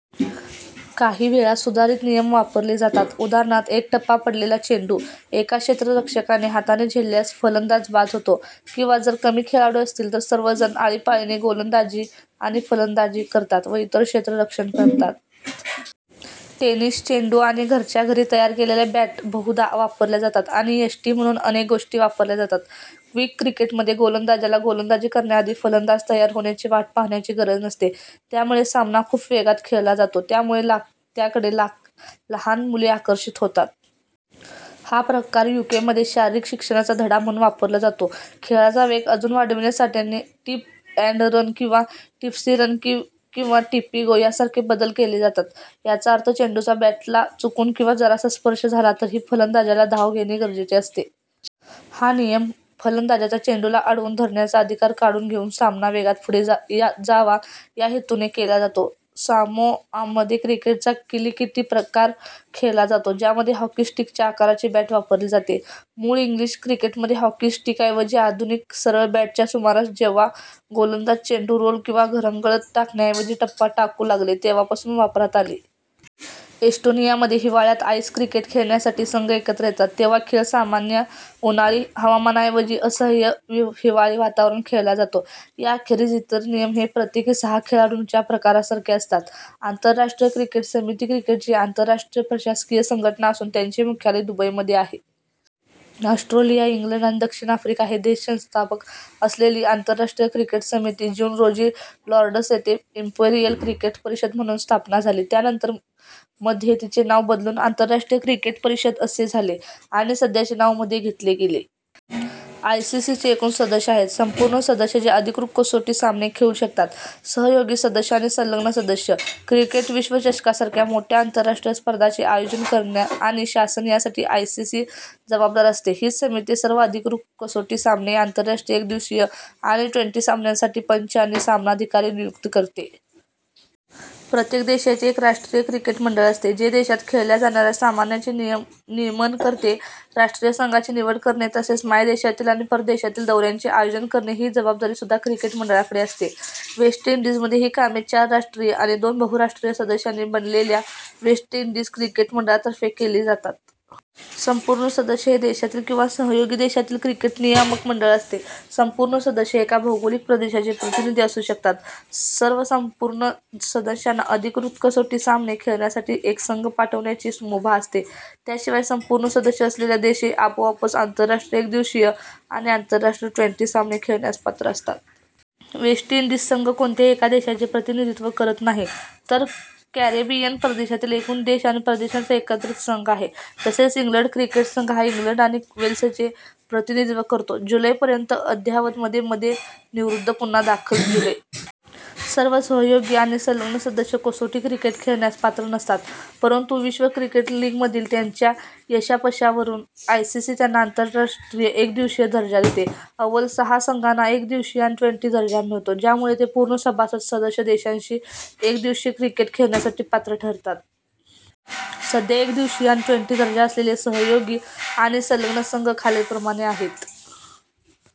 काही वेळा सुधारित नियम वापरले जातात: उदा. एक टप्पा पडलेला चेंडू एका क्षेत्ररक्षकाने हाताने झेलल्यास फलंदाज बाद होतो; किंवा जर कमी खेळाडू असतील तर सर्वजण आळीपाळीने गोलंदाजी आणि फलंदाजी करतात व इतर क्षेत्ररक्षण करतात. टेनिस चेंडू आणि घरच्या घरी तयार केलेल्या बॅट बहुधा वापरल्या जातात, आणि यष्टी म्हणून अनेक गोष्टी वापरल्या जातात. क्विक क्रिकेटमध्ये, गोलंदाजाला गोलंदाजी करण्याआधी फलंदाज तयार होण्याची वाट पाहण्याची गरज नसते, त्यामुळे सामना खूप वेगात खेळला जातो, त्यामुळे त्याकडे लहान मुले आकर्षित होतात. हा प्रकार यूकेमध्ये शारीरिक शिक्षणाचा धडा म्हणून वापरला जातो. खेळाचा वेग अजून वाढविण्यासाठी आणि "टिप अँड रन" किंवा "टिप्सी रन" किंवा "टिप्पी-गो" यासारखे बदल केले जातात. याचा अर्थ चेंडूचा बॅटला चुकून किंवा जरासा स्पर्श झाला तरीही फलंदाजाला धाव घेणे गरजेचे असते. हा नियम, फलंदाजाचा चेंडूला अडवून धरण्याचा अधिकार काढून घेऊन सामना वेगात पुढे जावा या हेतूने केला जातो. सामोआमध्ये क्रिकेटचा किलीकिटी प्रकार खेळला जातो, ज्यामध्ये हॉकी स्टिकच्या आकाराची बॅट वापरली जाते. मूळ इंग्लिश क्रिकेटमध्ये, हॉकी स्टिकऐवजी आधूनिक सरळ बॅट च्या सुमारास जेव्हा गोलंदाज चेंडू रोल किंवा घरंगळत टाकण्याऐवजी टप्पा टाकू लागले तेव्हापासून वापरात आली. एस्टोनियामध्ये हिवाळ्यात आईस क्रिकेट खेळण्यासाठी संघ एकत्र येतात. तेव्हा खेळ सामान्य उन्हाळी हवामानाऐवजी असह्य हिवाळी वातावरणात खेळला जातो. याखेरीज इतर नियम हे प्रत्येकी-सहा-खेळाडूंच्या प्रकारासारखेच असतात. आंतरराष्ट्रीय क्रिकेट समिती क्रिकेटची आंतरराष्ट्रीय प्रशासकीय संघटना असून, त्याचे मुख्यालय दुबई मध्ये आहे. ऑस्ट्रेलिया, इंग्लंड आणि दक्षिण आफ्रिका हे देश संस्थापक असलेली आंतरराष्ट्रीय क्रिकेट समिती जून रोजी लॉर्ड्स येथे इंपेरियल क्रिकेट परिषद म्हणून स्थापन झाली, त्यानंतर मध्ये तिचे नाव बदलून आंतरराष्ट्रीय क्रिकेट परिषद असे झाले, आणि सध्याचे नाव मध्ये घेतले गेले. आयसीसीचे एकूण सदस्य आहेत: संपूर्ण सदस्य जे अधिकृत कसोटी सामने खेळू शकतात, सहयोगी सदस्य, आणि संलग्न सदस्य. क्रिकेट विश्वचषकासारख्या मोठ्या आंतरराष्ट्रीय स्पर्धांचे आयोजिन आणि शासन ह्यासाठी आयसीसीस जबाबदार असते. हीच समिती सर्व अधिकृत कसोटी सामने, आंतरराष्ट्रीय एकदिवसीय आणि ट्वेंटी सामन्यांसाठी पंच आणि सामनाधिकारी नियुक्त करते. प्रत्येक देशाची एक राष्ट्रीय क्रिकेट मंडळ असते, जे देशात खेळल्या जाणाऱ्या सामन्यांचे नियमन करते. राष्ट्रीय संघाची निवड करणे तसेच मायदेशातील आणि परदेशातील दौऱ्यांचे आयोजन करणे ही जबाबदारीसुद्धा क्रिकेट मंडळाकडे असते. वेस्ट इंडीजमध्ये ही कामे चार राष्ट्रीय आणि दोन बहुराष्ट्रीय सदस्यांनी बनलेल्या वेस्ट इंडीज क्रिकेट मंडळातर्फे केली जातात. संपूर्ण सदस्य हे देशातील किंवा सहयोगी देशातील क्रिकेट नियामक मंडळ असते. संपूर्ण सदस्य हे एका भौगोलिक प्रदेशाचे प्रतिनिधी असू शकतात. सर्व संपूर्ण सदस्यांना अधिकृत कसोटी सामने खेळण्यासाठी एक संघ पाठवण्याची मुभा असते. त्याशिवाय, संपूर्ण सदस्य असलेल्या देश हे आपोआपच आंतरराष्ट्रीय एकदिवसीय आणि आंतरराष्ट्रीय ट्वेंटी सामने खेळण्यास पात्र असतात. वेस्ट इंडीज संघ कोणत्याही एका देशाचे प्रतिनिधित्व करत नाही तर कॅरिबियन प्रदेशातील एकूण देश आणि प्रदेशांचा एकत्रित संघ आहे. तसेच इंग्लंड क्रिकेट संघ हा इंग्लंड आणि वेल्सचे प्रतिनिधित्व करतो. जुलै पर्यंत अद्ययावत मे मध्ये निवृत्त, पुन्हा दाखल जुलै. सर्व सहयोगी आणि संलग्न सदस्य कसोटी क्रिकेट खेळण्यास पात्र नासतात, परंतु विश्व क्रिकेट लीगमधील त्यांच्या यशापयशावरून आयसीसी त्यांना आंतरराष्ट्रीय एकदिवसीय दर्जा देते. अव्वल सहा संघांना एकदिवसीय आणि ट्वेंटी दर्जा मिळतो, ज्यामुळे ते पूर्ण सभासद सदस्य देशांशी एकदिवसीय क्रिकेट खेळण्यासाठी पात्र ठरतात. सध्या एकदिवसीय आणि ट्वेंटी दर्जा असलेले सहयोगी आणि संलग्न संघ खालीलप्रमाणे आहेत.